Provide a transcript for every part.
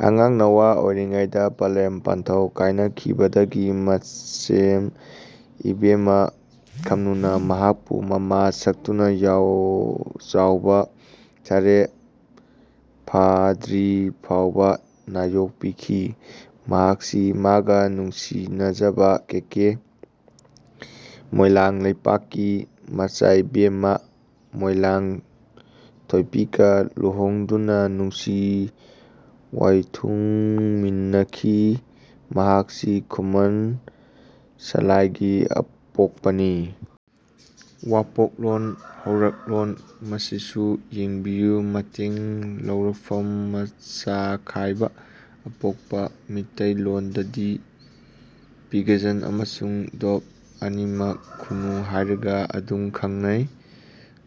ꯑꯉꯥꯡ ꯅꯋꯥ ꯑꯣꯢꯔꯤꯉꯩꯗ ꯄꯂꯦꯝ ꯄꯟꯊꯧ ꯀꯥꯢꯅꯈꯤꯕꯗꯒꯤ ꯃꯆꯦꯝ ꯏꯕꯦꯝꯃ ꯈꯝꯅꯨꯅ ꯃꯍꯥꯛꯄꯨ ꯃꯃꯥ ꯁꯛꯇꯨꯅ ꯌꯥꯎ ꯆꯥꯎꯕ ꯁꯔꯦꯞ ꯐꯥꯗ꯭ꯔꯤ ꯐꯥꯎꯕ ꯅꯥꯌꯣꯛꯄꯤꯈꯤ꯫ ꯃꯍꯥꯛꯁꯤ ꯃꯥꯒ ꯅꯨꯡꯁꯤꯅꯖꯕ ꯀꯦꯀꯦ ꯃꯣꯢꯂꯥꯡ ꯂꯩꯄꯥꯛꯀꯤ ꯃꯆꯥꯏꯏꯕꯦꯝꯃ ꯃꯣꯢꯂꯥꯡ ꯊꯣꯢꯄꯤꯒ ꯂꯨꯍꯣꯡꯗꯨꯅ ꯅꯨꯡꯁꯤ ꯋꯥꯢꯊꯨꯡꯃꯤꯟꯅꯈꯤ꯫ ꯃꯍꯥꯛꯁꯤ ꯈꯨꯃꯟ ꯁꯂꯥꯢꯒꯤ ꯑꯄꯣꯛꯄꯅꯤ꯫ ꯋꯥꯄꯣꯛꯂꯣꯟ ꯍꯧꯔꯛꯂꯣꯟ ꯃꯁꯤꯁꯨ ꯌꯦꯡꯕꯤꯌꯨ ꯃꯇꯦꯡ ꯂꯧꯔꯛꯐꯝ ꯃꯆꯥꯈꯥꯏꯕ ꯑꯄꯣꯛꯄ ꯃꯤꯇꯩꯂꯣꯟꯗꯗꯤ ꯄꯤꯒꯖꯟ ꯑꯃꯗꯤ ꯗꯣꯚ ꯑꯅꯤꯃꯛ ꯈꯨꯅꯨ ꯍꯥꯢꯔꯒ ꯑꯗꯨꯝ ꯈꯪꯅꯩ꯫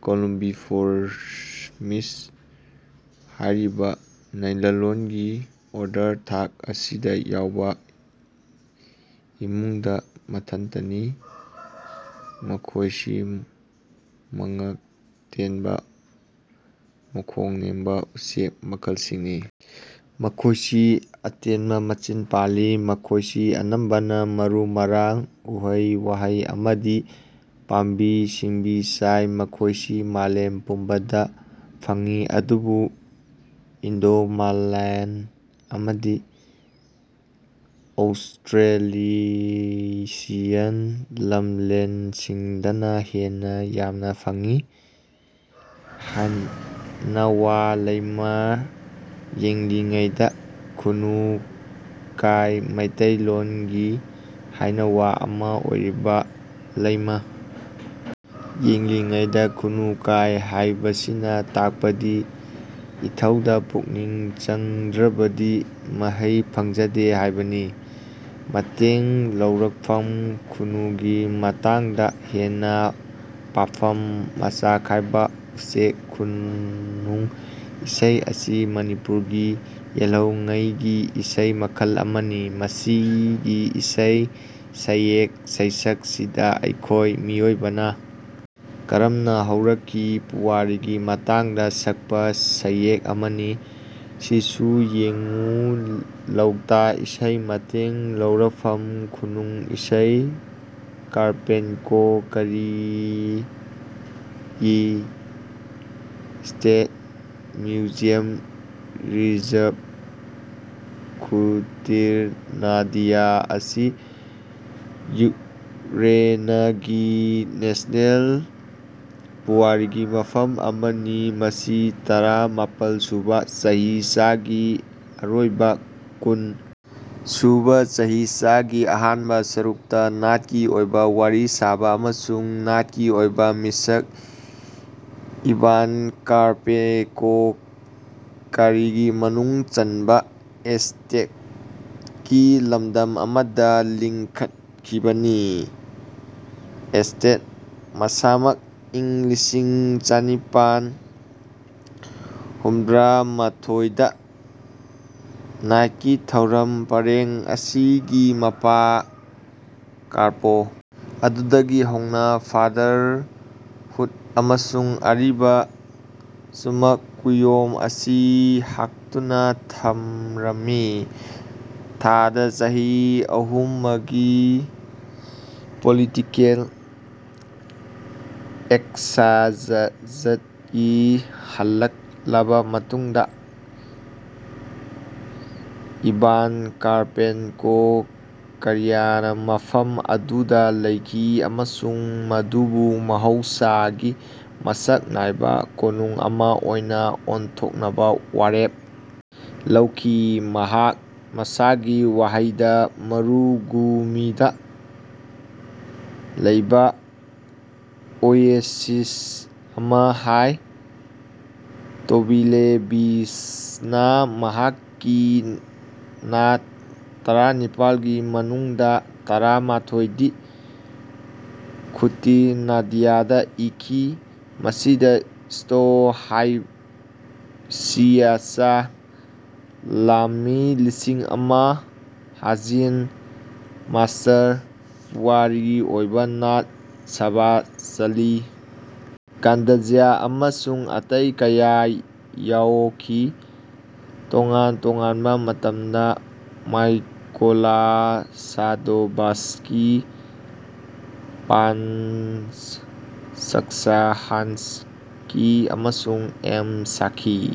ꯀꯣꯂꯨꯝꯕꯤꯐꯣꯔꯃꯤꯁ ꯍꯥꯢꯔꯤꯕ ꯅꯩꯅꯂꯣꯟꯒꯤ ꯑꯣꯔꯗꯔ (ꯊꯥꯛ) ꯑꯁꯤꯗ ꯌꯥꯎꯕ ꯏꯃꯨꯡꯗꯥ ꯃꯊꯟꯇꯅꯤ꯫ ꯃꯈꯣꯢꯁꯤ ꯃꯉꯛ ꯇꯦꯟꯕ ꯃꯈꯣꯡ ꯅꯦꯝꯕ ꯎꯆꯦꯛ ꯃꯈꯜꯁꯤꯡꯅꯤ꯫ ꯃꯈꯣꯢꯁꯤ ꯑꯇꯦꯟꯕ ꯃꯆꯤꯟ ꯄꯥꯜꯂꯤ꯫ ꯃꯈꯣꯢꯁꯤ ꯑꯅꯝꯕꯅ ꯃꯔꯨ-ꯃꯔꯥꯡ, ꯎꯍꯩ-ꯋꯥꯍꯩ ꯑꯃꯗꯤ ꯄꯥꯝꯕꯤ-ꯁꯤꯡꯕꯤ ꯆꯥꯏ꯫ ꯃꯈꯣꯢꯁꯤ ꯃꯥꯂꯦꯝ ꯄꯨꯝꯕꯗ ꯐꯪꯏ ꯑꯗꯨꯕꯨ ꯏꯟꯗꯣꯃꯥꯂꯦꯟ ꯑꯃꯗꯤ ꯑꯧꯁꯇ꯭ꯔꯦꯂꯤꯁꯤꯌꯥꯟ ꯂꯝꯂꯦꯟꯁꯤꯡꯗꯅ ꯍꯦꯟꯅ ꯌꯥꯝꯅ ꯐꯪꯏ꯫ ꯍꯥꯏꯅꯋꯥ ꯂꯩꯃ ꯌꯦꯡꯂꯤꯉꯩꯗ ꯈꯨꯅꯨ ꯀꯥꯏ ꯃꯩꯇꯩꯂꯣꯟꯒꯤ ꯍꯥꯏꯅꯋꯥ ꯑꯃ ꯑꯣꯏꯔꯤꯕ ꯂꯩꯃ ꯌꯦꯡꯂꯤꯉꯩꯗ ꯈꯨꯅꯨ ꯀꯥꯏ ꯍꯥꯏꯕꯁꯤꯅ ꯇꯥꯛꯄꯗꯤ ꯏꯊꯧꯗ ꯄꯨꯛꯅꯤꯡ ꯆꯪꯗ꯭ꯔꯕꯗꯤ ꯃꯍꯩ ꯐꯖꯗꯦ ꯍꯥꯏꯕꯅꯤ꯫ ꯃꯇꯦꯡ ꯂꯧꯔꯛꯐꯝ ꯈꯨꯅꯨꯒꯤ ꯃꯇꯥꯡꯗ ꯍꯦꯟꯅ ꯄꯥꯐꯝ ꯃꯆꯥꯈꯥꯏꯕ ꯎꯆꯦꯛ ꯈꯨꯅꯨꯡ ꯏꯁꯩ ꯑꯁꯤ ꯃꯅꯤꯄꯨꯔꯒꯤ ꯌꯦꯜꯍꯧꯉꯩꯒꯤ ꯏꯁꯩ ꯃꯈꯜ ꯑꯃꯅꯤ꯫ ꯃꯁꯤꯒꯤ ꯏꯁꯩ ꯁꯩꯍꯦꯛ ꯁꯩꯁꯛꯁꯤꯗ ꯑꯩꯈꯣꯏ ꯃꯤꯑꯣꯏꯕꯅ ꯀꯔꯝꯅ ꯍꯧꯔꯛꯈꯤ, ꯄꯨꯋꯥꯔꯤꯒꯤ ꯃꯇꯥꯡꯗ ꯁꯛꯄ ꯁꯩꯍꯦꯛ ꯑꯃꯅꯤ꯫ ꯁꯤꯁꯨ ꯌꯦꯡꯉꯨ ꯂꯧꯇꯥ ꯏꯁꯩ ꯃꯇꯦꯡ ꯂꯧꯔꯛꯐꯝ ꯈꯨꯅꯨꯡ ꯏꯁꯩ ꯀꯥꯔꯄꯦꯟꯀꯣ-ꯀꯔꯤꯌꯤ ꯁ꯭ꯇꯦꯠ ꯃ꯭ꯌꯨꯖꯤꯌꯝ-ꯔꯤꯖꯔꯕ ꯈꯨꯇꯤꯔ ꯅꯥꯗꯤꯌꯥ ꯑꯁꯤ ꯌꯨꯛꯔꯦꯅꯒꯤ ꯅꯦꯁꯅꯦꯜ ꯄꯨꯋꯥꯔꯤꯒꯤ ꯃꯐꯝ ꯑꯃꯅꯤ ꯃꯁꯤ ꯇꯔꯥ ꯃꯥꯄꯜ ꯁꯨꯕꯥ ꯆꯍꯤꯆꯥꯒꯤ ꯑꯔꯣꯏꯕ ꯀꯨꯟ ꯁꯨꯕꯥ ꯆꯍꯤꯆꯥꯒꯤ ꯑꯍꯥꯟꯕꯥ ꯁꯔꯨꯛꯇꯥ ꯅꯥꯠꯀꯤ ꯑꯣꯏꯕꯥ ꯋꯥꯔꯤ ꯁꯥꯕꯥ ꯑꯃꯁꯨꯡ ꯅꯥꯠꯀꯤ ꯑꯣꯏꯕꯥ ꯃꯤꯁꯛ ꯏꯚꯥꯟ ꯀꯥꯔꯄꯦꯟꯀꯣ-ꯀꯥꯔꯤꯒꯤ ꯃꯅꯨꯡ ꯆꯟꯕꯥ ꯑꯦꯁꯇꯦꯠꯀꯤ ꯂꯝꯗꯝ ꯑꯃꯗ ꯂꯤꯡꯈꯠꯈꯤꯕꯅꯤ꯫ ꯑꯦꯁꯇꯦꯠ ꯃꯁꯥꯃꯛ ꯏꯪ ꯂꯤꯁꯤꯡ ꯆꯥꯅꯤꯄꯟ ꯍꯨꯝꯗ꯭ꯔꯥꯃꯊꯣꯏ ꯗꯥ ꯅꯥꯠꯀꯤ ꯊꯧꯔꯝ ꯄꯔꯦꯡ ꯑꯁꯤꯒꯤ ꯃꯄꯥ ꯀꯥꯔꯄꯣ ꯑꯗꯨꯗꯒꯤ ꯍꯧꯅꯥ ꯐꯥꯗꯔ ꯍꯨꯠ ꯑꯃꯁꯨꯡ ꯑꯔꯤꯕ ꯆꯨꯃꯛ ꯀꯨꯌꯣꯝ ꯑꯁꯤ ꯍꯛꯇꯨꯅꯥ ꯊꯝꯔꯝꯃꯤ꯫ ꯊꯥꯗ ꯆꯍꯤ ꯑꯍꯨꯃꯒꯤ ꯄꯣꯂꯤꯇꯤꯀꯦꯜ ꯑꯦꯛꯁꯥꯏꯖꯗꯒꯤ ꯍꯜꯂꯛꯂꯥꯕ ꯃꯇꯨꯡꯗꯥ ꯏꯚꯥꯟ ꯀꯥꯔꯄꯦꯟꯀꯣ-ꯀꯔꯤꯌꯥꯅꯥ ꯃꯐꯝ ꯑꯗꯨꯗ ꯂꯩꯈꯤ ꯑꯃꯁꯨꯡ ꯃꯗꯨꯕꯨ ꯃꯍꯧꯁꯥꯒꯤ ꯃꯁꯛ ꯅꯥꯏꯕꯥ ꯀꯣꯅꯨꯡ ꯑꯃꯥ ꯑꯣꯏꯅꯥ ꯑꯣꯟꯊꯣꯛꯅꯕꯥ ꯋꯥꯔꯦꯞ ꯂꯧꯈꯤ ꯃꯍꯥꯛ ꯃꯁꯥꯒꯤ ꯋꯥꯍꯩꯗ ꯃꯔꯨꯒꯨꯃꯤꯗꯥ ꯂꯩꯕꯥ ꯑꯣꯌꯦꯁꯤꯁ ꯑꯃꯥ ꯍꯥꯏ꯫ ꯇꯣꯕꯤꯂꯦꯚꯤꯆꯅꯥ ꯃꯍꯥꯛꯀꯤ ꯅꯥꯠ ꯇꯔꯥꯅꯤꯄꯟ ꯒꯤ ꯃꯅꯨꯡꯗꯥ ꯇꯔꯥꯃꯊꯣꯏ ꯗꯤ ꯈꯨꯇꯤꯔ ꯅꯥꯗꯤꯌꯥꯗꯥ ꯏꯈꯤ꯫ ꯃꯁꯤꯗꯥ "ꯁ꯭ꯇꯣ ꯇꯥꯏꯁꯤꯌꯥꯆ" "ꯂꯥꯝꯃꯤ ꯂꯤꯁꯤꯡ ꯑꯃꯥ", "ꯍꯥꯖꯌꯤꯟ" "ꯃꯥꯁ꯭ꯇꯔ", ꯄꯨꯋꯥꯔꯤꯒꯤ ꯑꯣꯏꯕꯥ ꯅꯥꯠ "ꯁꯚꯥ ꯆꯂꯤ", "ꯒꯥꯟꯗꯖ꯭ꯌꯥ" ꯑꯃꯁꯨꯡ ꯑꯇꯩ ꯀꯌꯥ ꯌꯥꯑꯣꯈꯤ꯫ ꯇꯣꯉꯥꯟ ꯇꯣꯉꯥꯟꯕꯥ ꯃꯇꯝꯗꯥ ꯃꯥꯏꯀꯣꯂꯥ ꯁꯥꯗꯣꯚꯁ꯭ꯀꯤ, ꯄꯥꯟꯁ ꯁꯛꯁꯥꯍꯥꯟꯁ꯭ꯀꯤ ꯑꯃꯁꯨꯡ ꯑꯦꯝ ꯁꯥꯈꯤ꯫